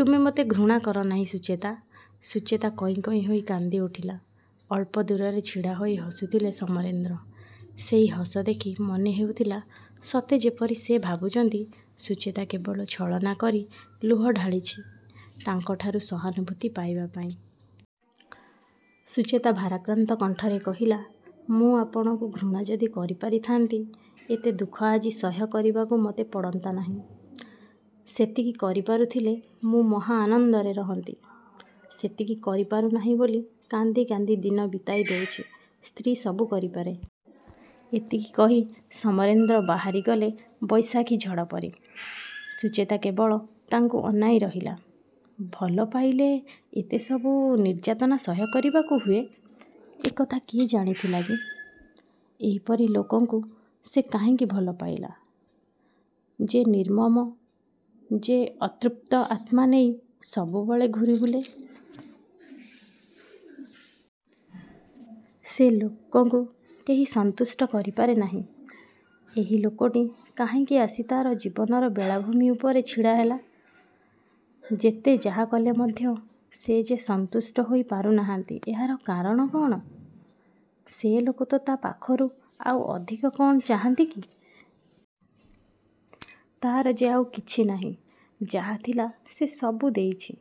ତୁମେ ମୋତେ ଘୃଣା କରନାହିଁ ସୁଚେତା? '' ସୁଚେତା କଇଁ କଇଁ ହୋଇ କାନ୍ଦିଉଠିଲା। ଅଳ୍ପ ଦୂରରେ ଛିଡ଼ାହୋଇ ହସୁଥିଲେ ସମରେନ୍ଦ୍ର। ସେହି ହସ ଦେଖି ମନେହେଉଥିଲା ସତେ ଯେପରି ସେ ଭାବୁଛନ୍ତି ସୁଚେତା କେବଳ ଛଳନା କରି ଲୁହ ଢାଳୁଛି ତାଙ୍କଠାରୁ ସହାନୁଭୂତି ପାଇବା ପାଇଁ। ସୁଚେତା ଭାରାକ୍ରାନ୍ତ କଣ୍ଠରେ କହିଲା ''ମୁଁ ଆପଣଙ୍କୁ ଘୃଣା ଯଦି କରିପାରୁଥାନ୍ତି ଏତେ ଦୁଃଖ ଆଜି ସହ୍ୟ କରିବାକୁ ମୋତେ ପଡ଼ନ୍ତା ନାହିଁ। ସେତିକି କରିପାରୁଥିଲେ ମୁଁ ମହାଆନନ୍ଦରେ ରହନ୍ତି। ସେତିକି କରିପାରୁନାହିଁ ବୋଲି କାନ୍ଦି କାନ୍ଦି ଦିନ ବିତାଇ ଦେଉଛି। ''ସ୍ତ୍ରୀ ସବୁ କରିପାରେ। '' ଏତିକି କହି ସମରେନ୍ଦ୍ର ବାହାରିଗଲେ ବୈଶାଖୀ ଝଡ଼ ପରି। ସୁଚେତା କେବଳ ତାଙ୍କୁ ଅନାଇ ରହିଲା। ଭଲ ପାଇଲେ ଏତେ ସବୁ ନିର୍ଯ୍ୟାତନା ସହ୍ୟ କରିବାକୁ ହୁଏ ଏକଥା କିଏ ଜାଣିଥିଲା କି-? ଏହିପରି ଲୋକକୁ ସେ କାହିଁକି ଭଲପାଇଲା? ଯେ ନିର୍ମମ ଯେ ଅତୃପ୍ତ ଆତ୍ମା ନେଇ ସବୁବେଳେ ଘୂରିବୁଲେ। ସେ ଲୋକକୁ କେହି ସନ୍ତୁଷ୍ଟ କରିପାରେ ନାହିଁ। ଏହି ଲୋକଟି କାହିଁକି ଆସି ତା'ର ଜୀବନର ବେଳାଭୂମି ଉପରେ ଛିଡ଼ାହେଲା? ଯେତେ ଯାହାକଲେ ମଧ୍ୟ ସେ ଯେ ସନ୍ତୁଷ୍ଟ ହୋଇ ପାରୁନାହାନ୍ତି ଏହାର କାରଣ କ'ଣ? ସେ ଲୋକ ତା' ପାଖରୁ ଆଉ ଅଧିକ କ'ଣ ଚାହାଁନ୍ତି କି? ତା'ର ଯେ ଆଉ କିଛିନାହିଁ। ଯାହାଥିଲା ସେ ସବୁ ଦେଇଛି।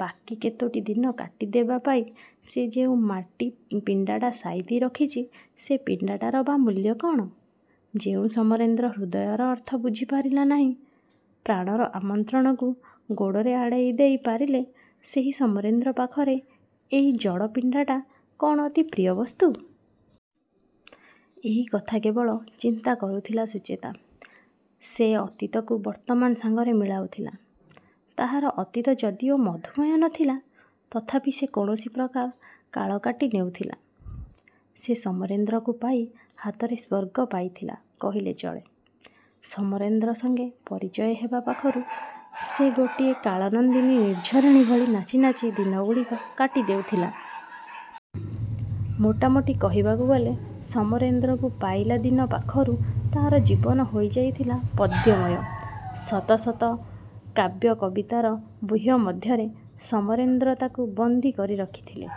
ବାକି କେତୋଟି ଦିନ କାଟିଦେବା ପାଇଁ ସେ ଯେଉଁ ମାଟି ପିଣ୍ଡଟା ସାଇତି ରଖିଛି ସେ ପିଣ୍ଡଟାର ବା ମୂଲ୍ୟ କ'ଣ? ଯେଉଁ ସମରେନ୍ଦ୍ର ହୃଦୟର ଅର୍ଥ ବୁଝି ପାରିଲେ ନାହିଁ, ପ୍ରାଣର ଆମନ୍ତ୍ରଣକୁ ଗୋଡ଼ରେ ଆଡ଼େଇ ଦେଇ ପାରିଲେ ସେହି ସମରେନ୍ଦ୍ର ପାଖରେ ଏହି ଜଡ଼ ପିଣ୍ଡଟା କ'ଣ ଅତି ପ୍ରିୟବସ୍ତୁ? ଏହି କଥା କେବଳ ଚିନ୍ତା କରୁଥିଲା ସୁଚେତା। ସେ ଅତୀତକୁ ବର୍ତ୍ତମାନ ସାଙ୍ଗରେ ମିଳାଉଥିଲା। ତାହାର ଅତୀତ ଯଦିଓ ମଧୁମୟ ନ ଥିଲା ତଥାପି ସେ କୌଣସି ପ୍ରକାରେ କାଳକାଟି ନେଉଥିଲା। ସେ ସମରେନ୍ଦ୍ରକୁ ପାଇ ହାତରେ ସ୍ୱର୍ଗ ପାଇଥିଲା କହିଲେ ଚଳେ। ସମରେନ୍ଦ୍ର ସଙ୍ଗେ ପରିଚୟ ହେବା ପାଖରୁ ସେ ଗୋଟିଏ କଳନାଦିନୀ ନିର୍ଝରିଣୀ ଭଳି ନାଚି ନାଚି ଦିନଗୁଡ଼ିକ କାଟି ଦେଉଥିଲା। ମୋଟାମୋଟି କହିବାକୁ ଗଲେ ସମରେନ୍ଦ୍ରକୁ ପାଇଲା ଦିନ ପାଖରୁ ତା'ର ଜୀବନ ହୋଇଯାଇଥିଲା ପଦ୍ୟମୟ। ଶତ ଶତ କାବ୍ୟ କବିତାର ବ୍ୟୁହ ମଧ୍ୟରେ ସମରେନ୍ଦ୍ର ତାକୁ ବନ୍ଦୀକରି ରଖିଥିଲେ।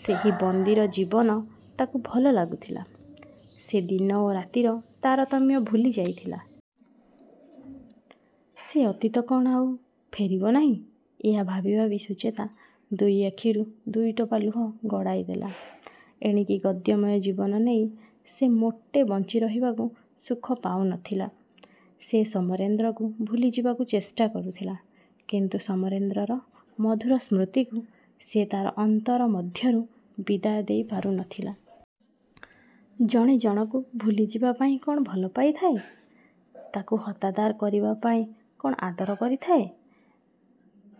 ସେହି ବନ୍ଦୀର ଜୀବନ ତାକୁ ଭଲ ଲାଗୁଥିଲା। ସେ ଦିନ ଓ ରାତିର ତାରତମ୍ୟ ଭୁଲି ଯାଇଥିଲା। ସେ ଅତୀତ କ'ଣ ଆଉ ଫେରିବ ନାହିଁ? ଏହା ଭାବି ଭାବି ସୁଚେତା ଦୁଇ ଆଖିରୁ ଦୁଇ ଟୋପା ଲୁହ ଗଡ଼ାଇ ଦେଲା। ଏଣିକି ଗଦ୍ୟମୟ ଜୀବନ ନେଇ ସେ ମୋଟେ ବଞ୍ଚିରହିବାକୁ ସୁଖ ପାଉନଥିଲା। ସେ ସମରେନ୍ଦ୍ରକୁ ଭୁଲି ଯିବାକୁ ଚେଷ୍ଟା କରୁଥିଲା; କିନ୍ତୁ ସମରେନ୍ଦ୍ରର ମଧୁର ସ୍ମୃତିକୁ ସେ ତା'ର ଅନ୍ତର ମଧ୍ୟରୁ ବିଦାୟ ଦେଇ ପାରୁନଥିଲା। ଜଣେ ଜଣକୁ ଭୁଲି ଯିବା ପାଇଁ କ'ଣ ଭଲ ପାଇଥାଏ? ତାକୁ ହତାଦର କରିବା ପାଇଁ କ'ଣ ଆଦର କରିଥାଏ?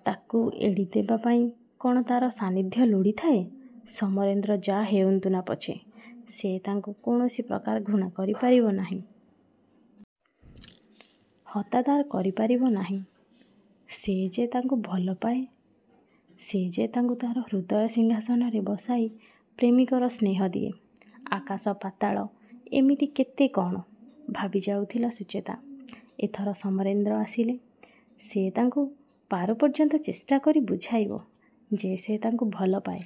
ତାକୁ ଏଡ଼ିଦେବା ପାଇଁ କ'ଣ ତା'ର ସାନିଧ୍ୟ ଲୋଡ଼ିଥାଏ? ସମରେନ୍ଦ୍ର ଯାହା ହେଉନ୍ତୁନା ପଛେ ସେ ତାଙ୍କୁ କୌଣସି ପ୍ରକାରେ ଘୃଣା କରିପାରିବ ନାହିଁ। ହତାଦର କରିପାରିବ ନାହିଁ। ସେ ଯେ ତାଙ୍କୁ ଭଲପାଏ। ସେ ଯେ ତାଙ୍କୁ ତା'ର ହୃଦୟ ସିଂହାସନରେ ବସାଇ ପ୍ରେମିକର ସ୍ନେହ ଦିଏ। ଆକାଶ, ପାତାଳ ଏମିତି କେତେ କ'ଣ ଭାବିଯାଉଥିଲା ସୁଚେତା। ଏଥର ସମରେନ୍ଦ୍ର ଆସିଲେ ସେ ତାଙ୍କୁ ପାରୁପର୍ଯ୍ୟନ୍ତ ଚେଷ୍ଟାକରି ବୁଝାଇବ ଯେ ସେ ତାଙ୍କୁ ଭଲପାଏ।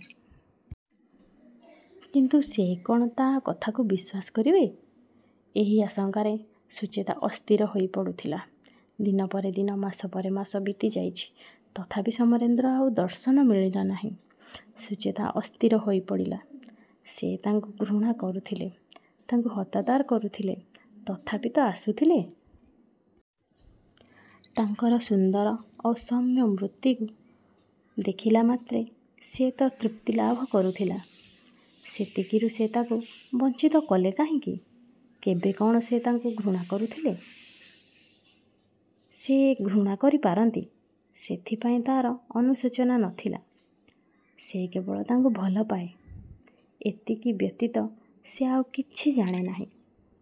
କିନ୍ତୁ ସେ କ'ଣ ତା' କଥାକୁ ବିଶ୍ୱାସ କରିବେ? ଏହି ଆଶଙ୍କାରେ ସୁଚେତା ଅସ୍ଥିର ହୋଇପଡ଼ୁଥିଲା। ଦିନ ପରେ ଦିନ, ମାସ ପରେ ମାସ ବିତିଯାଇଛି। ତଥାପି ସମରେନ୍ଦ୍ରର ଆଉ ଦର୍ଶନ ମିଳିଲା ନାହିଁ। ସୁଚେତା ଅସ୍ଥିର ହୋଇପଡ଼ିଲା। ସେ ତାକୁ ଘୃଣା କରୁଥିଲେ, ତାକୁ ହତାଦର କରୁଥିଲେ, ତଥାପି ତ ଆସୁଥିଲେ। ତାଙ୍କର ସୁନ୍ଦର ଓ ସୌମ୍ୟ ମୂର୍ତ୍ତିକୁ ଦେଖିଲାମାତ୍ରେ ସେ ତ ତୃପ୍ତିଲାଭ କରୁଥିଲା। ସେତିକିରୁ ସେ ତାକୁ ବଞ୍ଚିତ କଲେ କାହିଁକି? କେବେ କ'ଣ ସେ ତାକୁ ଘୃଣା କରୁଥିଲେ? ସେ ଘୃଣା କରିପାରନ୍ତି, ସେଥିପାଇଁ ତା'ର ଅନୁଶୋଚନା ନ ଥିଲା। ସେ କେବଳ ତାଙ୍କୁ ଭଲପାଏ, ଏତିକି ବ୍ୟତୀତ ସେ ଆଉ କିଛି ଜାଣେ ନାହିଁ।